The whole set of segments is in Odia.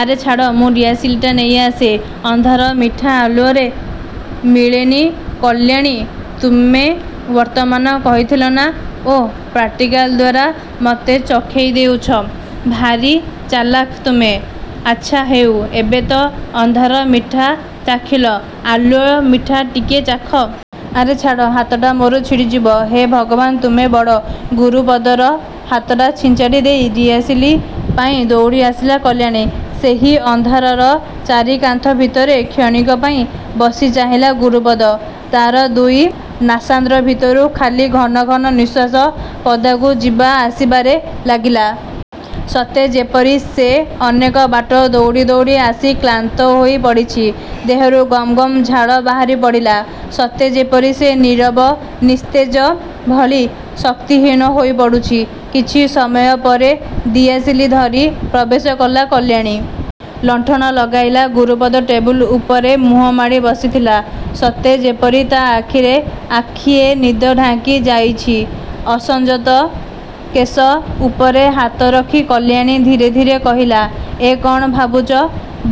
ଆରେ ଛାଡ଼, ମୁଁ ଦିଆସିଲିଟା ନେଇ ଆସେ। ଅନ୍ଧାର ମିଠା ଆଲୁଅରେ ମିଳେନି କଲ୍ୟାଣୀ, ତୁମେ ବର୍ତ୍ତମାନ କହିଥିଲ ନାଁ? ଓଃ, ପ୍ରାକ୍ଟିକାଲ୍ ଦ୍ୱାରା ମୋତେ ଚଖେଇ ଦେଉଛ। ଭାରି ଚାଲାଖ ତୁମେ। ଆଚ୍ଛା ହେଉ ଏବେ ତ ଅନ୍ଧାର ମିଠା ଚାଖିଲ ଆଲୁଅ ମିଠା ଟିକେ ଚାଖ। ଆରେ ଛାଡ଼? ହାତଟା ମୋର ଛିଡ଼ିଯିବ। ହେ ଭଗବାନ୍ ତୁମେ ବଡ଼। ଗୁରୁପଦର ହାତଟା ଛିଞ୍ଚାଡ଼ି ଦେଇ ଦିଆସିଲି ପାଇଁ ଦୌଡ଼ି ଆସିଲା କଲ୍ୟାଣୀ। ସେହି ଅନ୍ଧକାରର ଚାରିକାନ୍ଥ ଭିତରେ କ୍ଷଣିକ ପାଇଁ ବସି ଚାହିଁଲା ଗୁରୁପଦ। ତା'ର ଦୁଇ ନାସାନ୍ଦ୍ର ଭିତରୁ ଖାଲି ଘନ ଘନ ନିଶ୍ୱାସ ପଦାକୁ ଯିବା ଆସିବାରେ ଲାଗିଲା। ସତେ ଯେପରି ସେ ଅନେକ ବାଟ ଦୌଡ଼ି ଦୌଡ଼ି ଆସି କ୍ଳାନ୍ତ ହୋଇ ପଡ଼ିଛି। ଦେହରୁ ଗମ୍ ଗମ୍ ଝାଳ ବାହାରି ପଡ଼ିଲା। ସତେ ଯେପରି ସେ ନୀରବ ନିସ୍ତେଜ ଭଳି ଶକ୍ତିହୀନ ହୋଇ ପଡ଼ୁଛି। କିଛି ସମୟ ପରେ ଦିଆସିଲି ଧରି ପ୍ରବେଶ କଲା କଲ୍ୟାଣୀ। ଲଣ୍ଠନ ଲଗାଇଲା। ଗୁରୁପଦ ଟେବୁଲ୍ ଉପରେ ମୁହଁମାଡ଼ି ବସିଥିଲା। ସତେ ଯେପରି ତା' ଆଖିରେ ଆଖିଏ ନିଦ ଢାଙ୍କି ଯାଇଛି। ଅସଞ୍ଜତ କେଶ ଉପରେ ହାତ ରଖି କଲ୍ୟାଣୀ ଧୀରେ ଧୀରେ କହିଲା, ଏ; କ'ଣ ଭାବୁଛ,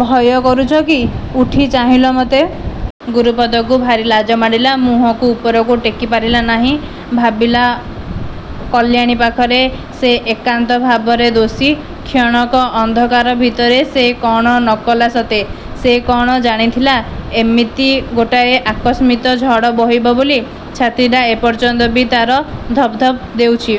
ଭୟ କରୁଛ କି? ଉଠି ଚାହିଁଲ ମୋତେ? ଗୁରୁପଦକୁ ଭାରି ଲାଜ ମାଡ଼ିଲା, ମୁହଁକୁ ଉପରକୁ ଟେକି ପାରିଲା ନାହିଁ। ଭାବିଲା କଲ୍ୟାଣୀ ପାଖରେ ସେ ଏକାନ୍ତ ଭାବରେ ଦୋଷୀ। କ୍ଷଣକ ଅନ୍ଧକାର ଭିତରେ ସେ କ'ଣ ନକଲା ସତେ? ସେ କ'ଣ ଜାଣିଥିଲା ଏମିତି ଗୋଟାଏ ଆକସ୍ମିକ ଝଡ଼ ବହିବ ବୋଲି? ଛାତିଟା ଏପର୍ଯ୍ୟନ୍ତ ବି ତା'ର ଧପ୍ ଧପ୍ ଦେଉଛି।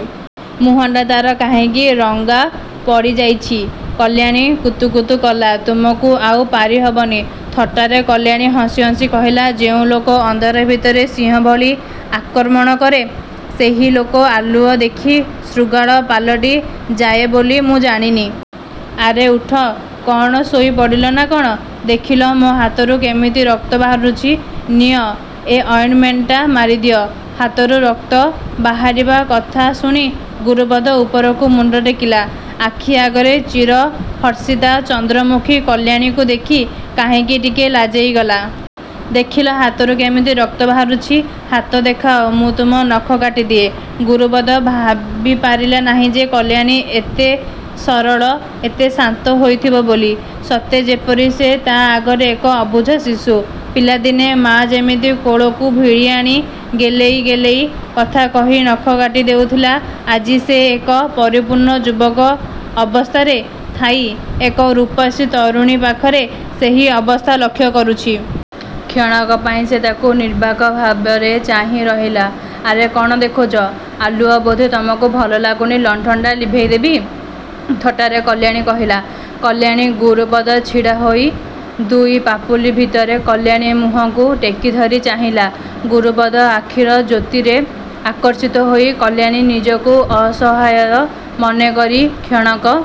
ମୁହଁଟା ତା'ର କାହିଁକି ରଙ୍ଗା ପଡ଼ିଯାଇଛି। କଲ୍ୟାଣୀ କୁତୁ କୁତୁ କଲା। ତୁମକୁ ଆଉ ପାରି ହେବନି। ଥଟ୍ଟାରେ କଲ୍ୟାଣୀ ହସି ହସି କହିଲା, ଯେଉଁ ଲୋକ ଅନ୍ଧାର ଭିତରେ ସିଂହ ଭଳି ଆକ୍ରମଣ କରେ, ସେହି ଲୋକ ଆଲୁଅ ଦେଖି ଶୃଗାଳ ପାଲଟି ଯାଏ ବୋଲି ମୁଁ ଜାଣିନି। ଆରେ ଉଠ, କ'ଣ ଶୋଇ ପଡ଼ିଲ ନାଁ କଣ। ଦେଖିଲ ମୋ ହାତରୁ କିମିତି ରକ୍ତ ବାହାରୁଛି। ନିଅ ଏ ଅଏଣ୍ଟମେଣ୍ଟଟା ମାରିଦିଅ। ହାତରୁ ରକ୍ତ ବାହାରିବା କଥା ଶୁଣି ଗୁରୁପଦ ଉପରକୁ ମୁଣ୍ଡ ଟେକିଲା। ଆଖି ଆଗରେ ଚିର ହର୍ଷିତା ଚନ୍ଦ୍ରମୁଖୀ କଲ୍ୟାଣୀକୁ ଦେଖି କାହିଁକି ଟିକେ ଲାଜେଇଗଲା। ଦେଖିଲ ହାତରୁ କେମିତି ରକ୍ତ ବାହାରୁଛି। ହାତ ଦେଖାଅ ମୁଁ ତୁମ ନଖ କାଟିଦିଏ। ଗୁରପଦ ଭାବିପାରିଲା ନାହିଁ ଯେ କଲ୍ୟାଣୀ ଏତେ ସରଳ, ଏତେ ଶାନ୍ତ ହୋଇଥିବ ବୋଲି। ସତେ ଯେପରି ସେ ତା' ଆଗରେ ଏକ ଅବୁଝା ଶିଶୁ। ପିଲାଦିନେ ମା' ଯେମିତି କୋଳକୁ ଭିଡ଼ିଆଣି ଗେଲେଇ ଗେଲେଇ କଥାକହି ନଖ କାଟି ଦେଉଥିଲା, ଆଜି ସେ ଏକ ପରିପୂର୍ଣ୍ଣ ଯୁବକ ଅବସ୍ଥାରେ ଥାଇ ଏକ ରୂପସୀ ତରୁଣୀ ପାଖରେ ସେହି ଅବସ୍ଥା ଲକ୍ଷ୍ୟ କରୁଛି। କ୍ଷଣକ ପାଇଁ ସେ ତା'କୁ ନିର୍ବାକ ଭାବରେ ଚାହିଁ ରହିଲା। ଆରେ କ'ଣ ଦେଖୁଛ? ଆଲୁଅ ବୋଧେ ତୁମକୁ ଭଲ ଲାଗୁନି, ଲଣ୍ଠନଟା ଲିଭାଇ ଦେବି? ଥଟ୍ଟାରେ କଲ୍ୟାଣୀ କହିଲା। କଲ୍ୟାଣୀ ଗୁରୁପଦ ଛିଡ଼ାହୋଇ ଦୁଇ ପାପୁଲି ଭିତରେ କଲ୍ୟାଣୀ ମୁହଁକୁ ଟେକିଧରି ଚାହିଁଲା। ଗୁରୁପଦ ଆଖିର ଜ୍ୟୋତିରେ ଆକର୍ଷିତ ହୋଇ କଲ୍ୟାଣୀ ନିଜକୁ ଅସହାୟ ମନେକରି କ୍ଷଣକ